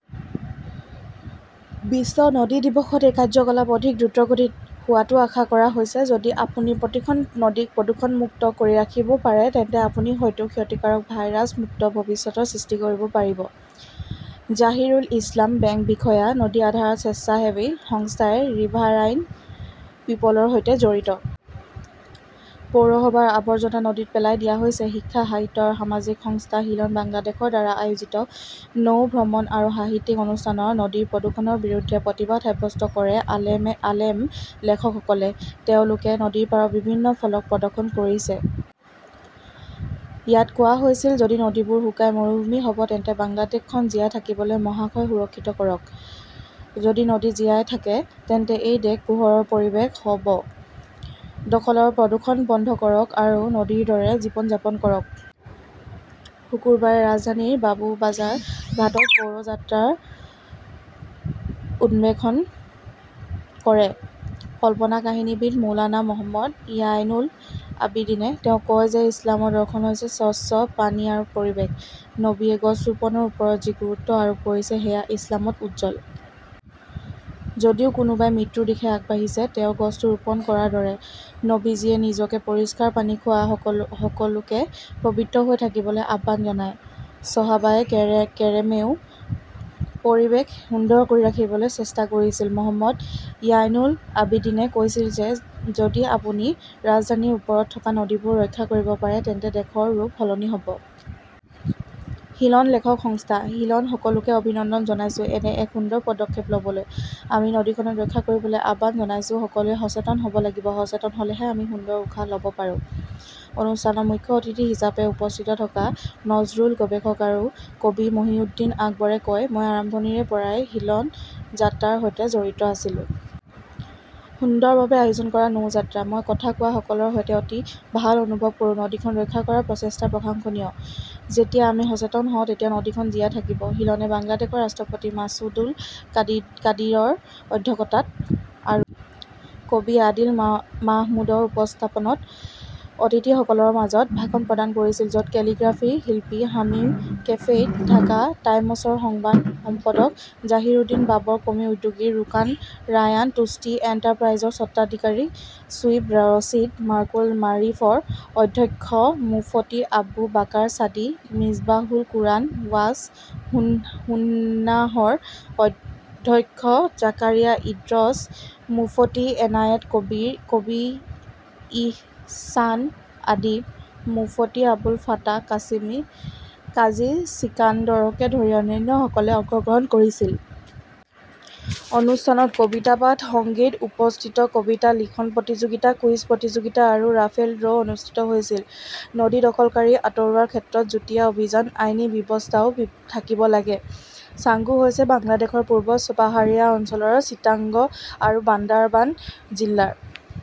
বিশ্ব নদী দিৱসত এই কাৰ্যকলাপ অধিক দ্ৰুতগতিত হোৱাটো আশা কৰা হৈছে। যদি আপুনি প্ৰতিখন নদীক প্ৰদূষণমুক্ত কৰি ৰাখিব পাৰে তেন্তে আপুনি হয়তো ক্ষতিকাৰক ভাইৰাছ মুক্ত ভৱিষ্যতৰ সৃষ্টি কৰিব পাৰিব। জাহিৰুল ইছলাম বেংক বিষয়া, নদী-আধাৰিত স্বেচ্ছাসেৱী সংস্থা ৰিভাৰাইন পিপলৰ সৈতে জড়িত। পৌৰসভাৰ আৱৰ্জনা নদীত পেলাই দিয়া হৈছে । শিক্ষা, সাহিত্য আৰু সামাজিক সংস্থা শীলন বাংলাদেশৰ দ্বাৰা আয়োজিত নৌ ভ্ৰমণ আৰু সাহিত্য অনুষ্ঠানত নদীৰ প্ৰদূষণৰ বিৰুদ্ধে প্ৰতিবাদ সাব্যস্ত কৰে আলেম লেখকসকলে। তেওঁলোকে নদীৰ পাৰত বিভিন্ন ফলক প্ৰদৰ্শন কৰিছে। ইয়াত কোৱা হৈছিল, যদি নদীবোৰ শুকাই মৰুভূমি হ'ব তেন্তে বাংলাদেশ খন জীয়াই থাকিবলৈ, মহাশয় সুৰক্ষিত কৰক। যদি নদী জীয়াই থাকে তেন্তে এই দেশ পোহৰৰ পৰিৱেশ হ 'ব। দখলৰ প্ৰদূষণ বন্ধ কৰক আৰু নদীৰ দৰে জীৱন যাপন কৰক । শুকুৰবাৰে ৰাজধানীৰ বাবুবাজাৰ ঘাটত পৌৰ যাত্ৰাৰ উদ্বোধন কৰে কল্পকাহিনীবিদ মৌলানা মহম্মদ য়াইনুল আবিদিনে। তেওঁ কয় যে ইছলামৰ দৰ্শন হৈছে স্বচ্ছ পানী আৰু পৰিৱেশ। নবীয়ে গছ ৰোপণৰ ওপৰত যি গুৰুত্ব আৰোপ কৰিছে সেয়া ইছলামত উজ্জ্বল। যদিও কোনোবাই মৃত্যুৰ দিশে আগবাঢ়িছে, তেওঁ গছটো ৰোপণ কৰাৰ দৰে। নবীজীয়ে নিজকে পৰিষ্কাৰ পানী খোৱা সকলোকে পবিত্ৰ হৈ থাকিবলৈ আহ্বান জনায়। চহাবাই কেৰামেও পৰিৱেশ সুন্দৰ কৰি ৰাখিবলৈ চেষ্টা কৰিছিল। মহম্মদ য়াইনুল আবিদীনে কৈছিল যে যদি আপুনি ৰাজধানীৰ ওপৰত থকা নদীবোৰ ৰক্ষা কৰিব পাৰে তেন্তে দেশৰ ৰূপ সলনি হ 'ব। শীলন লেখক সংস্থা । শীলন সকলোকে অভিনন্দন জনাইছো। এনে এক সুন্দৰ পদক্ষেপ ল'বলৈ। আমি নদীখনক ৰক্ষা কৰিবলৈ আহ্বান জনাইছো। সকলোৱে সচেতন হ'ব লাগিব। সচেতন হ'লেহে আমি সুন্দৰ উশাহ ল'ব পাৰোঁ। অনুষ্ঠানত মুখ্য অতিথি হিচাপে উপস্থিত থকা নজৰুল গৱেষক আৰু কবি মহিউদ্দিন আকবৰে কয়, "মই আৰম্ভণিৰে পৰাই শীলন যাত্ৰাৰ সৈতে জড়িত আছিলো। সুন্দৰভাৱে আয়োজন কৰা নৌ যাত্ৰা। মই কথা কোৱাসকলৰ সৈতে অতি ভাল অনুভৱ কৰোঁ। নদীখন ৰক্ষা কৰাৰ প্ৰচেষ্টা প্ৰশংসনীয়। যেতিয়া আমি সচেতন হওঁ তেতিয়া নদীখন জীয়াই থাকিব। শীলনে বাংলাদেশৰ ৰাষ্ট্ৰপতি মাছুদুল কাদিৰৰ অধ্যক্ষতাত আৰু কবি আদিল মাহমুদৰ উপস্থাপনত অতিথিসকলৰ মাজত ভাষণ প্ৰদান কৰিছিল, য'ত কেলিগ্ৰাফী শিল্পী হামিম কেফেইট, ঢাকা টাইমছৰ সংবাদ সম্পাদক জাহিৰউদ্দিন বাবৰ, ক'মি উদ্যোগী ৰোকন ৰায়ান, তুষ্টি এণ্টাৰপ্ৰাইজৰ স্বত্বাধিকাৰী শ্বুইব ৰছিদ, মাৰ্কুল মাৰিফৰ অধ্যক্ষ মুফতি আবু বাকাৰ ছাদি, মিছবাহুল কুৰাণ ৱাছ সুন্নাহৰ অধ্যক্ষ জাকৰিয়া ইদ্ৰিছ, মুফতি এনায়েট কবীৰ, কবি ইহছান আদিব, মুফতি আবুল ফাতাহ কাছিমি, কাজী চিকাণ্ডাৰকে ধৰি অন্যান্যসকলে অংশগ্ৰহণ কৰিছিল। অনুষ্ঠানত কবিতা পাঠ, সংগীত, উপস্থিত কবিতা লিখন প্ৰতিযোগিতা, কুইজ প্ৰতিযোগিতা আৰু ৰাফেল ড্ৰ' অনুষ্ঠিত হৈছিল। নদী দখলকাৰী আঁতৰোৱাৰ ক্ষেত্ৰত যুটীয়া অভিযান, আইনী ব্যৱস্থাও থাকিব লাগে । চাঙ্গু হৈছে বাংলাদেশৰ পূব পাহাৰীয়া অঞ্চলৰ চিটাগং আৰু বান্দাৰবান জিলাৰ